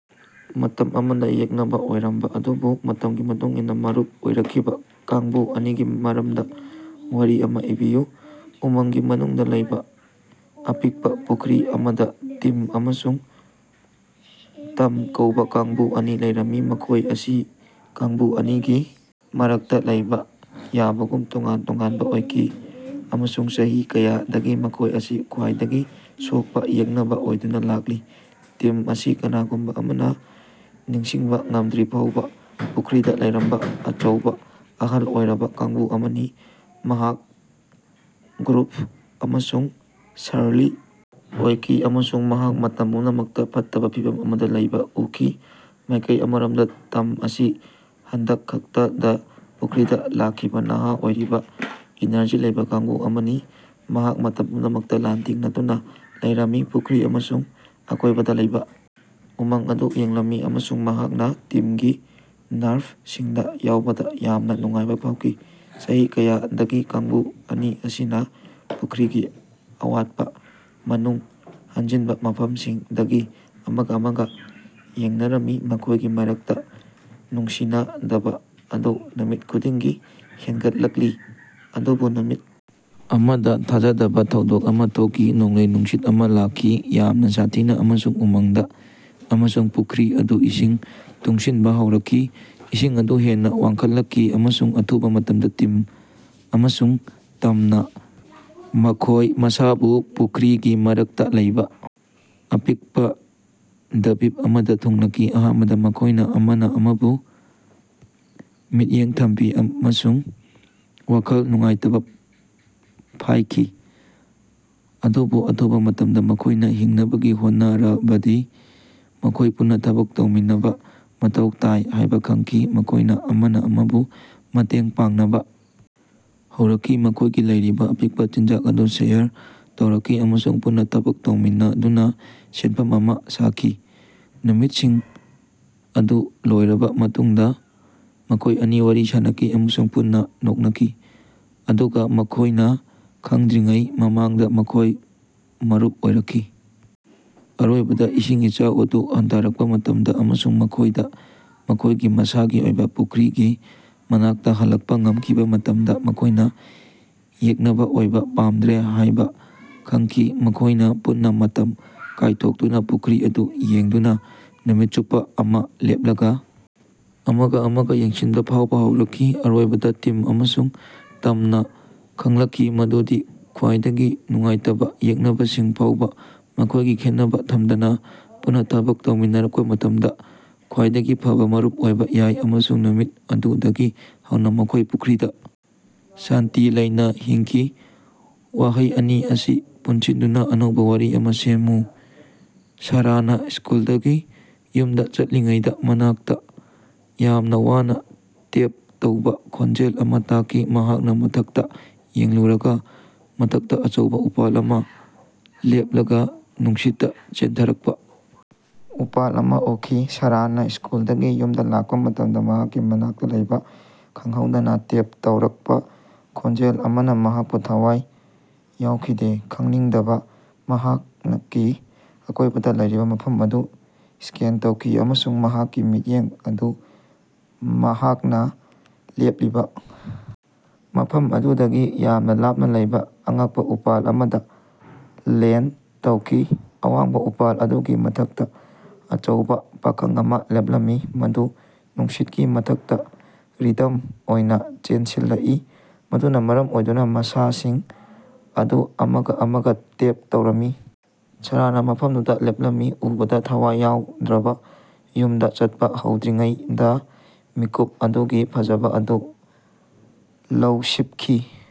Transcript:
ꯃꯇꯝ ꯑꯃꯗ ꯌꯦꯛꯅꯕ ꯑꯣꯏꯔꯝꯕ ꯑꯗꯨꯕꯨ ꯃꯇꯝꯒꯤ ꯃꯇꯨꯡ ꯏꯟꯅ ꯃꯔꯨꯞ ꯑꯣꯏꯔꯛꯈꯤꯕ ꯀꯥꯡꯕꯨ ꯑꯅꯤꯒꯤ ꯃꯔꯝꯗ ꯋꯥꯔꯤ ꯑꯃ ꯏꯕꯤꯌꯨ꯫ ꯎꯃꯪꯒꯤ ꯃꯅꯨꯡꯗ ꯂꯩꯕ ꯑꯄꯤꯛꯄ ꯄꯨꯈ꯭ꯔꯤ ꯑꯃꯗ ꯇꯤꯝ ꯑꯃꯁꯨꯡ ꯇꯝ ꯀꯧꯕ ꯀꯥꯡꯕꯨ ꯑꯅꯤ ꯂꯩꯔꯝꯃꯤ꯫ ꯃꯈꯣꯏ ꯑꯁꯤ ꯀꯥꯡꯕꯨ ꯑꯅꯤꯒꯤ ꯃꯔꯛꯇ ꯂꯩꯕ ꯌꯥꯕꯒꯨꯝ ꯇꯣꯉꯥꯟ ꯇꯣꯉꯥꯟꯕ ꯑꯣꯏꯈꯤ, ꯑꯃꯁꯨꯡ ꯆꯍꯤ ꯀꯌꯥꯗꯒꯤ ꯃꯈꯣꯏ ꯑꯁꯤ ꯈ꯭ꯋꯥꯏꯗꯒꯤ ꯁꯣꯛꯄ ꯌꯦꯛꯅꯕ ꯑꯣꯏꯗꯨꯅ ꯂꯥꯛꯂꯤ꯫ ꯇꯤꯝ ꯑꯁꯤ ꯀꯅꯥꯒꯨꯝꯕ ꯑꯃꯅ ꯅꯤꯡꯁꯤꯡꯕ ꯉꯝꯗ꯭ꯔꯤꯐꯥꯎꯕ ꯄꯨꯈ꯭ꯔꯤꯗ ꯂꯩꯔꯝꯕ ꯑꯆꯧꯕ, ꯑꯍꯜ ꯑꯣꯏꯔꯕ ꯀꯥꯡꯕꯨ ꯑꯃꯅꯤ꯫ ꯃꯍꯥꯛ ꯒ꯭ꯔꯨꯐ ꯑꯃꯁꯨꯡ ꯁꯔꯂꯤ ꯑꯣꯏꯈꯤ, ꯑꯃꯁꯨꯡ ꯃꯍꯥꯛ ꯃꯇꯝ ꯄꯨꯝꯅꯃꯛꯇ‌ ꯐꯠꯇꯕ ꯐꯤꯚꯝ ꯑꯃꯗ ꯂꯩꯕ ꯎꯈꯤ꯫ ꯃꯥꯏꯀꯩ ꯑꯃꯔꯣꯝꯗ ꯇꯝ ꯑꯁꯤ ꯍꯟꯗꯛ ꯈꯛꯇꯗ ꯄꯨꯈ꯭ꯔꯤꯗ ꯂꯥꯛꯈꯤꯕ ꯅꯍꯥ ꯑꯣꯏꯔꯤꯕ, ꯏꯅꯔꯖꯤ ꯂꯩꯕ ꯀꯥꯡꯕꯨ ꯑꯃꯅꯤ꯫ ꯃꯍꯥꯛ ꯃꯇꯝ ꯄꯨꯝꯅꯃꯛꯇ ꯂꯥꯟꯊꯦꯡꯅꯗꯨꯅ ꯂꯩꯔꯝꯃꯤ, ꯄꯨꯈ꯭ꯔꯤ ꯑꯃꯁꯨꯡ ꯑꯀꯣꯏꯕꯗ ꯂꯩꯕ ꯎꯃꯪ ꯑꯗꯨ ꯌꯦꯡꯂꯝꯃꯤ, ꯑꯃꯁꯨꯡ ꯃꯍꯥꯛꯅ ꯇꯤꯝꯒꯤ ꯅꯔꯚꯁꯤꯡꯗ ꯌꯥꯎꯕꯗ ꯌꯥꯝꯅ ꯅꯨꯡꯉꯥꯏꯕ ꯐꯥꯎꯈꯤ꯫ ꯆꯍꯤ ꯀꯌꯥꯗꯒꯤ ꯀꯥꯡꯕꯨ ꯑꯅꯤ ꯑꯁꯤꯅ ꯄꯨꯈ꯭ꯔꯤꯒꯤ ꯑꯔꯥꯞꯄ ꯃꯅꯨꯡ ꯍꯟꯖꯤꯟꯕ ꯃꯐꯝꯁꯤꯡꯗꯒꯤ ꯑꯃꯒ ꯑꯃꯒ ꯌꯦꯡꯅꯔꯝꯃꯤ, ꯃꯈꯣꯏꯒꯤ ꯃꯔꯛꯇ ꯅꯨꯡꯁꯤꯅꯗꯕ ꯑꯗꯨ ꯅꯨꯃꯤꯠ ꯈꯨꯗꯤꯡꯒꯤ ꯍꯦꯟꯒꯠꯂꯛꯂꯤ꯫ ꯑꯗꯨꯕꯨ ꯅꯨꯃꯤꯠ ꯑꯃꯗ ꯊꯥꯖꯗꯕ ꯊꯧꯗꯣꯛ ꯑꯃ ꯊꯣꯛꯈꯤ꯫ ꯅꯣꯡꯂꯩ-ꯅꯨꯡꯁꯤꯠ ꯑꯃ ꯂꯥꯛꯈꯤ, ꯌꯥꯝꯅ ꯁꯥꯊꯤꯅ ꯑꯃꯁꯨꯡ ꯎꯃꯪꯗ, ꯑꯃꯁꯨꯡ ꯄꯨꯈ꯭ꯔꯤ ꯑꯗꯨ ꯏꯁꯤꯡ ꯇꯨꯡꯁꯤꯟꯕ ꯍꯧꯔꯛꯈꯤ꯫ ꯏꯁꯤꯡ ꯑꯗꯨ ꯍꯦꯟꯅ ꯋꯥꯡꯈꯠꯂꯛꯈꯤ, ꯑꯃꯁꯨꯡ ꯑꯊꯨꯕ ꯃꯇꯝꯗ ꯇꯤꯝ ꯑꯃꯁꯨꯡ ꯇꯝꯅ ꯃꯈꯣꯏ ꯃꯁꯥꯕꯨ ꯄꯨꯈ꯭ꯔꯤꯒꯤ ꯃꯔꯛꯇ ꯂꯩꯕ ꯑꯄꯤꯛꯄ ꯗ꯭ꯕꯤꯞ ꯑꯃꯗ ꯊꯨꯡꯂꯈꯤ꯫ ꯑꯍꯥꯟꯕꯗ ꯃꯈꯣꯏꯅ ꯑꯃꯅ ꯑꯃꯕꯨ ꯃꯤꯠꯌꯦꯡ ꯊꯝꯈꯤ ꯑꯃꯁꯨꯡ ꯋꯥꯈꯜ ꯅꯨꯡꯉꯥꯏꯇꯕ ꯐꯥꯏꯈꯤ, ꯑꯗꯨꯕꯨ ꯑꯊꯨꯕ ꯃꯇꯝꯗ, ꯃꯈꯣꯏꯅ ꯍꯤꯡꯅꯕ ꯍꯣꯠꯅꯔꯕꯗꯤ ꯃꯈꯣꯏ ꯄꯨꯟꯅ ꯊꯕꯛ ꯇꯧꯃꯤꯟꯅꯕ ꯃꯊꯧ ꯇꯥꯏ ꯍꯥꯏꯕ‌ ꯈꯪꯈꯤ꯫ ꯃꯈꯣꯏꯅ ꯑꯃꯅ ꯑꯃꯕꯨ ꯃꯇꯦꯡ ꯄꯥꯡꯅꯕ ꯍꯧꯔꯛꯈꯤ, ꯃꯈꯣꯏꯒꯤ ꯂꯩꯔꯤꯕ ꯑꯄꯤꯛꯄ ꯆꯤꯟꯖꯥꯛ ꯑꯗꯨ ꯁꯦꯌꯔ ꯇꯧꯔꯛꯈꯤ ꯑꯃꯁꯨꯡ ꯄꯨꯟꯅ ꯊꯕꯛ ꯇꯧꯃꯤꯟꯅꯗꯨꯅ ꯁꯦꯟꯐꯝ ꯑꯃ ꯁꯥꯈꯤ꯫ ꯅꯨꯃꯤꯠꯁꯤꯡ ꯑꯗꯨ ꯂꯣꯏꯔꯕ ꯃꯇꯨꯡꯗ ꯃꯈꯣꯏ ꯑꯅꯤ ꯋꯥꯔꯤ ꯁꯥꯅꯈꯤ ꯑꯃꯁꯨꯡ ꯄꯨꯟꯅ ꯅꯣꯛꯅꯈꯤ꯫ ꯑꯗꯨꯒ ꯃꯈꯣꯏꯅ ꯈꯪꯗ꯭ꯔꯤꯉꯩ ꯃꯃꯥꯡꯗ ꯃꯈꯣꯏ ꯃꯔꯨꯞ ꯑꯣꯏꯔꯛꯈꯤ꯫ ꯑꯔꯣꯏꯕꯗ ꯏꯁꯤꯡ ꯏꯆꯥꯎ ꯑꯗꯨ ꯍꯟꯊꯔꯛꯄ ꯃꯇꯝꯗ, ꯑꯃꯁꯨꯡ ꯃꯈꯣꯏꯗ ꯃꯈꯣꯏꯒꯤ ꯃꯁꯥꯒꯤ ꯑꯣꯏꯕ ꯄꯨꯈ꯭ꯔꯤꯒꯤ ꯃꯅꯥꯛꯇ‌ ꯍꯜꯂꯛꯄ ꯉꯝꯈꯤꯕ ꯃꯇꯝꯗ, ꯃꯈꯣꯏꯅ ꯌꯦꯛꯅꯕ ꯑꯣꯏꯕ ꯄꯥꯝꯗ꯭ꯔꯦ ꯍꯥꯌꯕ ꯈꯪꯈꯤ꯫ ꯃꯈꯣꯏꯅ ꯄꯨꯟꯅ ꯃꯇꯝ ꯀꯥꯏꯊꯣꯛꯇꯨꯅ ꯄꯨꯈ꯭ꯔꯤ ꯑꯗꯨ ꯌꯦꯡꯗꯨꯅ ꯅꯨꯃꯤꯠ ꯆꯨꯞꯄ ꯑꯃ ꯂꯦꯞꯂꯒ ꯑꯃꯒ ꯑꯃꯒ ꯌꯦꯡꯁꯤꯟꯕ ꯐꯥꯎꯕ ꯍꯧꯔꯛꯈꯤ꯫ ꯑꯔꯣꯏꯕꯗ ꯇꯤꯝ ꯑꯃꯁꯨꯡ ꯇꯝꯅ ꯈꯪꯂꯛꯈꯤ ꯃꯗꯨꯗꯤ ꯈ꯭ꯋꯥꯏꯗꯒꯤ ꯅꯨꯡꯉꯥꯏꯇꯕ ꯌꯦꯛꯅꯕꯁꯤꯡ ꯐꯥꯎꯕ‌ ꯃꯈꯣꯏꯒꯤ ꯈꯦꯠꯅꯕ ꯊꯝꯗꯅ ꯄꯨꯟꯅ ꯊꯕꯛ ꯇꯧꯃꯤꯟꯅꯔꯛꯄ ꯃꯇꯝꯗ ꯈ꯭ꯋꯥꯏꯗꯒꯤ ꯐꯕ ꯃꯔꯨꯞ ꯑꯣꯏꯕ ꯌꯥꯏ꯫ ꯑꯃꯁꯨꯡ ꯅꯨꯃꯤꯠ ꯑꯗꯨꯗꯒꯤ ꯍꯧꯅ ꯃꯈꯣꯏ ꯄꯨꯈ꯭ꯔꯤꯗ ꯁꯥꯟꯇꯤ ꯂꯩꯅ ꯍꯤꯡꯈꯤ꯫ ꯋꯥꯍꯩ ꯑꯅꯤ ꯑꯁꯤ ꯄꯨꯟꯁꯤꯟꯗꯨꯅ ꯑꯅꯧꯕ ꯋꯥꯔꯤ ꯑꯃ‌ ꯁꯦꯝꯃꯨ꯫ ꯁꯥꯔꯥꯅ ꯁ꯭ꯀꯨꯜꯗꯒꯤ ꯌꯨꯝꯗ ꯆꯠꯂꯤꯉꯩꯗ ꯃꯅꯥꯛꯇ ꯌꯥꯝꯅ ꯋꯥꯅ ꯇꯦꯞ ꯇꯧꯕ ꯈꯣꯟꯖꯦꯜ ꯑꯃ ꯇꯥꯈꯤ꯫ ꯃꯍꯥꯛꯅ ꯃꯊꯛꯇ ꯌꯦꯡꯂꯨꯔꯒ ꯃꯊꯛꯇ ꯑꯆꯧꯕ ꯎꯄꯥꯜ ꯑꯃ ꯂꯦꯞꯂꯒ ꯅꯨꯡꯁꯤꯠꯇ ꯆꯦꯟꯊꯔꯛꯄ ꯎꯄꯥꯜ ꯑꯃ ꯎꯈꯤ꯫ ꯁꯥꯔꯥꯅ ꯁ꯭ꯀꯨꯜꯗꯒꯤ ꯌꯨꯝꯗ ꯂꯥꯛꯄ ꯃꯇꯝꯗ ꯃꯍꯥꯛꯀꯤ ꯃꯅꯥꯛꯇ ꯂꯩꯕ ꯈꯪꯍꯧꯗꯅ ꯇꯦꯞ ꯇꯧꯔꯛꯄ ꯈꯣꯟꯖꯦꯜ ꯑꯃꯅ ꯃꯍꯥꯛꯄꯨ ꯊꯋꯥꯏ ꯌꯥꯎꯈꯤꯗꯦ꯫ ꯈꯪꯅꯤꯡꯗꯅ ꯃꯍꯥꯛꯀꯤ ꯑꯀꯣꯏꯕꯗ ꯂꯩꯔꯤꯕ ꯃꯐꯝ ꯑꯗꯨ ꯁ꯭ꯀꯦꯟ ꯇꯧꯈꯤ ꯑꯃꯁꯨꯡ ꯃꯍꯥꯛꯀꯤ ꯃꯤꯠꯌꯦꯡ ꯑꯗꯨ ꯃꯍꯥꯛꯅ ꯂꯦꯞꯂꯤꯕ ꯃꯐꯝ ꯑꯗꯨꯗꯒꯤ ꯌꯥꯝꯅ ꯂꯥꯞꯅ ꯂꯩꯕ ꯑꯉꯛꯄ ꯎꯄꯥꯜ ꯑꯃꯗ ꯂꯦꯟꯗ ꯇꯧꯈꯤ꯫ ꯑꯋꯥꯡꯕ ꯎꯄꯥꯜ ꯑꯗꯨꯒꯤ ꯃꯊꯛꯇ ꯑꯆꯧꯕ ꯄꯥꯈꯪ ꯑꯃ ꯂꯦꯞꯂꯝꯃꯤ, ꯃꯗꯨ ꯅꯨꯡꯁꯤꯠꯀꯤ ꯃꯊꯛꯇ ꯔꯤꯗꯝ ꯑꯣꯏꯅ ꯆꯦꯟꯁꯤꯜꯂꯛꯏ, ꯃꯗꯨꯅ ꯃꯔꯝ ꯑꯣꯏꯗꯨꯅ ꯃꯁꯥꯁꯤꯡ ꯑꯗꯨ ꯑꯃꯒ ꯑꯃꯒ ꯇꯦꯞ ꯇꯧꯔꯝꯃꯤ꯫ ꯁꯥꯔꯥꯅ ꯃꯐꯝꯗꯨꯗ ꯂꯦꯞꯂꯝꯃꯤ, ꯎꯕꯗ ꯊꯋꯥꯏ ꯌꯥꯎꯗ꯭ꯔꯕ, ꯌꯨꯝꯗ ꯆꯠꯄ ꯍꯧꯗ꯭ꯔꯤꯉꯩꯗ ꯃꯤꯀꯨꯞ ꯑꯗꯨꯒꯤ ꯐꯖꯕ ꯑꯗꯨ ꯂꯧꯁꯤꯞꯈꯤ꯫